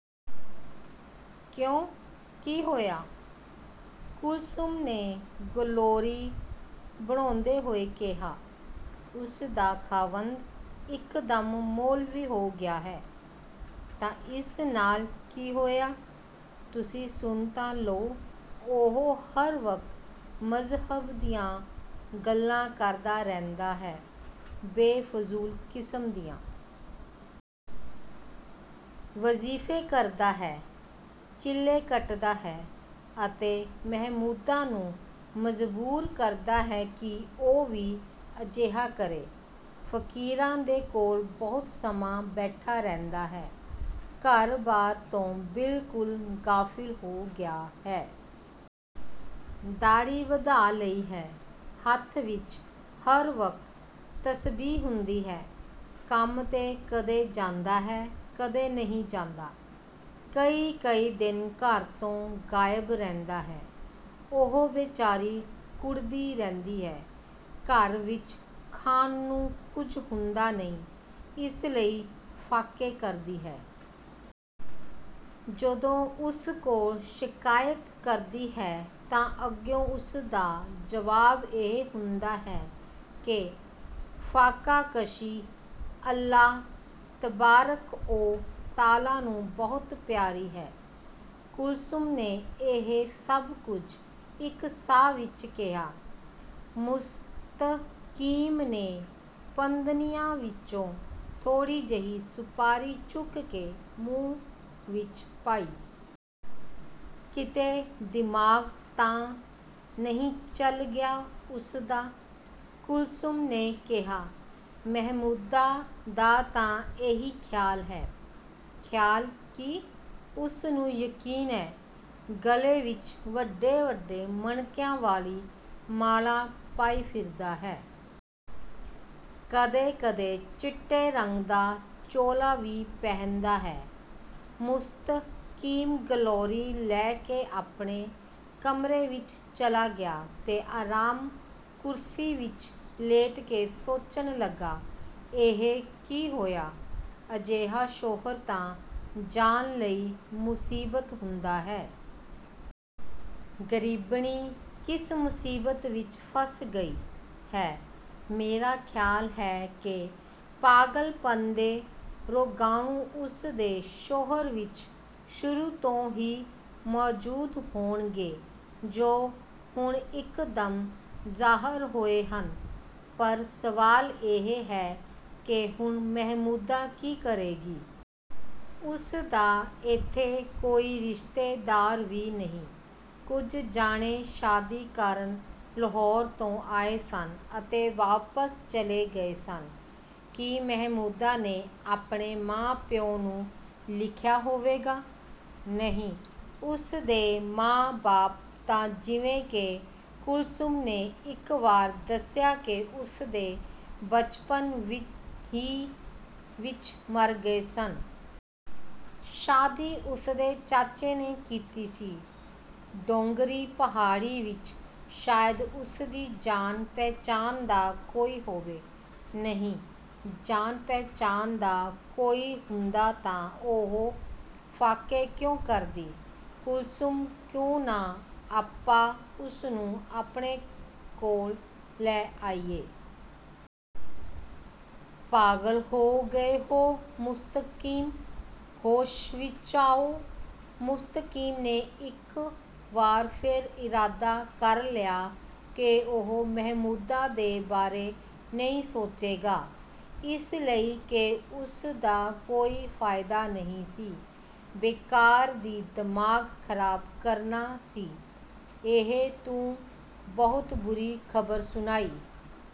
ਕਿਉਂ ਕੀ ਹੋਇਆ? ਕੁਲਸੁਮ ਨੇ ਗਿਲੋਰੀ ਬਣਾਉਂਦੇ ਹੋਏ ਕਿਹਾ। "ਉਸ ਦਾ ਖ਼ਾਵੰਦ ਇੱਕ ਦਮ ਮੌਲਵੀ ਹੋ ਗਿਆ ਹੈ। " "ਤਾਂ ਇਸ ਨਾਲ ਕੀ ਹੋਇਆ? " "ਤੁਸੀਂ ਸੁਣ ਤਾਂ ਲਉ, ਉਹ ਹਰ ਵਕਤ ਮਜ਼ਹਬ ਦੀਆਂ ਗੱਲਾਂ ਕਰਦਾ ਰਹਿੰਦਾ ਹੈ, ਬੇਫਜੂਲ ਕਿਸਮ ਦੀਆਂ। ਵਜ਼ੀਫ਼ੇ ਕਰਦਾ ਹੈ, ਚਿੱਲੇ ਕੱਟਦਾ ਹੈ ਅਤੇ ਮਹਿਮੂਦਾ ਨੂੰ ਮਜਬੂਰ ਕਰਦਾ ਹੈ ਕਿ ਉਹ ਵੀ ਅਜਿਹਾ ਕਰੇ। ਫ਼ਕੀਰਾਂ ਦੇ ਕੋਲ ਬਹੁਤ ਸਮਾਂ ਬੈਠਾ ਰਹਿੰਦਾ ਹੈ। ਘਰ ਵਾਰ ਤੋਂ ਬਿਲਕੁਲ ਗ਼ਾਫਿਲ ਹੋ ਗਿਆ ਹੈ। "ਦਾੜ੍ਹੀ ਵਧਾ ਲਈ ਹੈ। ਹੱਥ ਵਿੱਚ ਹਰ ਵਕਤ ਤਸਬੀਹ ਹੁੰਦੀ ਹੈ। ਕੰਮ ਤੇ ਕਦੇ ਜਾਂਦਾ ਹੈ, ਕਦੇ ਨਹੀਂ ਜਾਂਦਾ। ਕਈ-ਕਈ ਦਿਨ ਘਰ ਤੋਂ ਗਾਇਬ ਰਹਿੰਦਾ ਹੈ। ਉਹ ਬੇਚਾਰੀ ਕੁੜ੍ਹਦੀ ਰਹਿੰਦੀ ਹੈ। ਘਰ ਵਿੱਚ ਖਾਣ ਨੂੰ ਕੁੱਝ ਹੁੰਦਾ ਨਹੀਂ, ਇਸ ਲਈ ਫ਼ਾਕੇ ਕਰਦੀ ਹੈ। ਜਦੋਂ ਉਸ ਕੋਲ ਸ਼ਿਕਾਇਤ ਕਰਦੀ ਹੈ ਤਾਂ ਅੱਗੋਂ ਉਸਦਾ ਜਵਾਬ ਇਹ ਹੁੰਦਾ ਹੈ ਕਿ ਫ਼ਾਕਾਕਸ਼ੀ ਅੱਲ੍ਹਾ ਤਬਾਰਕ-ਓ-ਤਾਲਾ ਨੂੰ ਬਹੁਤ ਪਿਆਰੀ ਹੈ। "ਕੁਲਸੁਮ ਨੇ ਇਹ ਸਭ ਕੁੱਝ ਇੱਕ ਸਾਹ ਵਿੱਚ ਕਿਹਾ। ਮੁਸਤਕੀਮ ਨੇ ਪੰਦਨੀਆ ਵਿੱਚੋਂ ਥੋੜ੍ਹੀ ਜਹੀ ਸੁਪਾਰੀ ਚੁੱਕ ਕੇ ਮੂੰਹ ਵਿੱਚ ਪਾਈ। "ਕਿਤੇ ਦਿਮਾਗ਼ ਤਾਂ ਨਹੀਂ ਚੱਲ ਗਿਆ ਉਸ ਦਾ? " ਕੁਲਸੁਮ ਨੇ ਕਿਹਾ। "ਮਹਿਮੂਦਾ ਦਾ ਤਾਂ ਇਹੀ ਖ਼ਿਆਲ ਹੈ। ਖ਼ਿਆਲ ਕੀ, ਉਸ ਨੂੰ ਯਕੀਨ ਹੈ। ਗਲੇ ਵਿੱਚ ਵੱਡੇ-ਵੱਡੇ ਮਣਕਿਆਂ ਵਾਲੀ ਮਾਲਾ ਪਾਈ ਫਿਰਦਾ ਹੈ। ਕਦੇ-ਕਦੇ ਚਿੱਟੇ ਰੰਗ ਦਾ ਚੋਲਾ ਵੀ ਪਹਿਨਦਾ ਹੈ। "ਮੁਸਤਕੀਮ ਗਿਲੋਰੀ ਲੈ ਕੇ ਆਪਣੇ ਕਮਰੇ ਵਿੱਚ ਚਲਾ ਗਿਆ ਅਤੇ ਆਰਾਮ ਕੁਰਸੀ ਵਿੱਚ ਲੇਟ ਕੇ ਸੋਚਣ ਲਗਾ। "ਇਹ ਕੀ ਹੋਇਆ? ਅਜਿਹਾ ਸ਼ੌਹਰ ਤਾਂ ਜਾਨ ਲਈ ਮੁਸੀਬਤ ਹੁੰਦਾ ਹੈ। ਗ਼ਰੀਬਣੀ ਕਿਸ ਮੁਸੀਬਤ ਵਿੱਚ ਫਸ ਗਈ ਹੈ। ਮੇਰਾ ਖ਼ਿਆਲ ਹੈ ਕਿ ਪਾਗਲਪਨ ਦੇ ਰੋਗਾਣੂ ਉਸ ਦੇ ਸ਼ੌਹਰ ਵਿੱਚ ਸ਼ੁਰੂ ਤੋਂ ਹੀ ਮੌਜੂਦ ਹੋਣਗੇ ਜੋ ਹੁਣ ਇੱਕ ਦਮ ਜ਼ਾਹਰ ਹੋਏ ਹਨ। ਪਰ ਸਵਾਲ ਇਹ ਹੈ ਕਿ ਹੁਣ ਮਹਿਮੂਦਾ ਕੀ ਕਰੇਗੀ। ਉਸ ਦਾ ਇੱਥੇ ਕੋਈ ਰਿਸ਼ਤੇਦਾਰ ਵੀ ਨਹੀਂ। ਕੁੱਝ ਜਾਣੇ ਸ਼ਾਦੀ ਕਰਨ ਲਾਹੌਰ ਤੋਂ ਆਏ ਸਨ ਅਤੇ ਵਾਪਸ ਚਲੇ ਗਏ ਸਨ। ਕੀ ਮਹਿਮੂਦਾ ਨੇ ਆਪਣੇ ਮਾਂ-ਪਿਉ ਨੂੰ ਲਿਖਿਆ ਹੋਵੇਗਾ? ਨਹੀਂ, ਉਸ ਦੇ ਮਾਂ ਬਾਪ ਤਾਂ ਜਿਵੇਂ ਕਿਿ ਕੁਲਸੁਮ ਨੇ ਇੱਕ ਵਾਰ ਦਸਿਆ ਸੀ ਉਸ ਦੇ ਬਚਪਨ ਹੀ ਵਿੱਚ ਮਰ ਗਏ ਸਨ। ਸ਼ਾਦੀ ਉਸ ਦੇ ਚਾਚੇ ਨੇ ਕੀਤੀ ਸੀ। ਡੋਂਗਰੀ ਪਹਾੜੀ ਵਿੱਚ ਸ਼ਾਇਦ ਉਸ ਦੀ ਜਾਣ ਪਹਿਚਾਣ ਦਾ ਕੋਈ ਹੋਵੇ। ਨਹੀਂ, ਜਾਣ ਪਹਿਚਾਣ ਦਾ ਕੋਈ ਹੁੰਦਾ ਤਾਂ ਉਹ ਫ਼ਾਕੇ ਕਿਉਂ ਕਰਦੀ? ਕੁਲਸੁਮ ਕਿਉਂ ਨਾ ਆਪਾ ਉਸਨੂੰ ਆਪਣੇ ਕੋਲ ਲੈ ਆਇਏ। ਪਾਗਲ ਹੋ ਗਏ ਹੋ ਮੁਸਤਕੀਮ? ਹੋਸ਼ ਵਿੱਚ ਆਓ। " ਮੁਸਤਕੀਮ ਨੇ ਇੱਕ ਵਾਰ ਫਿਰ ਇਰਾਦਾ ਕਰ ਲਿਆ ਕਿ ਉਹ ਮਹਿਮੂਦਾ ਦੇ ਬਾਰੇ ਨਹੀਂ ਸੋਚੇਗਾ, ਇਸ ਲਈ ਕਿ ਉਸ ਦਾ ਕੋਈ ਫ਼ਾਇਦਾ ਨਹੀਂ ਸੀ, ਬੇਕਾਰ ਦੀ ਦਿਮਾਗ ਖਰਾਬ ਕਰਨਾ ਸੀ। "ਇਹ ਤੂੰ ਬਹੁਤ ਬੁਰੀ ਖ਼ਬਰ ਸੁਣਾਈ।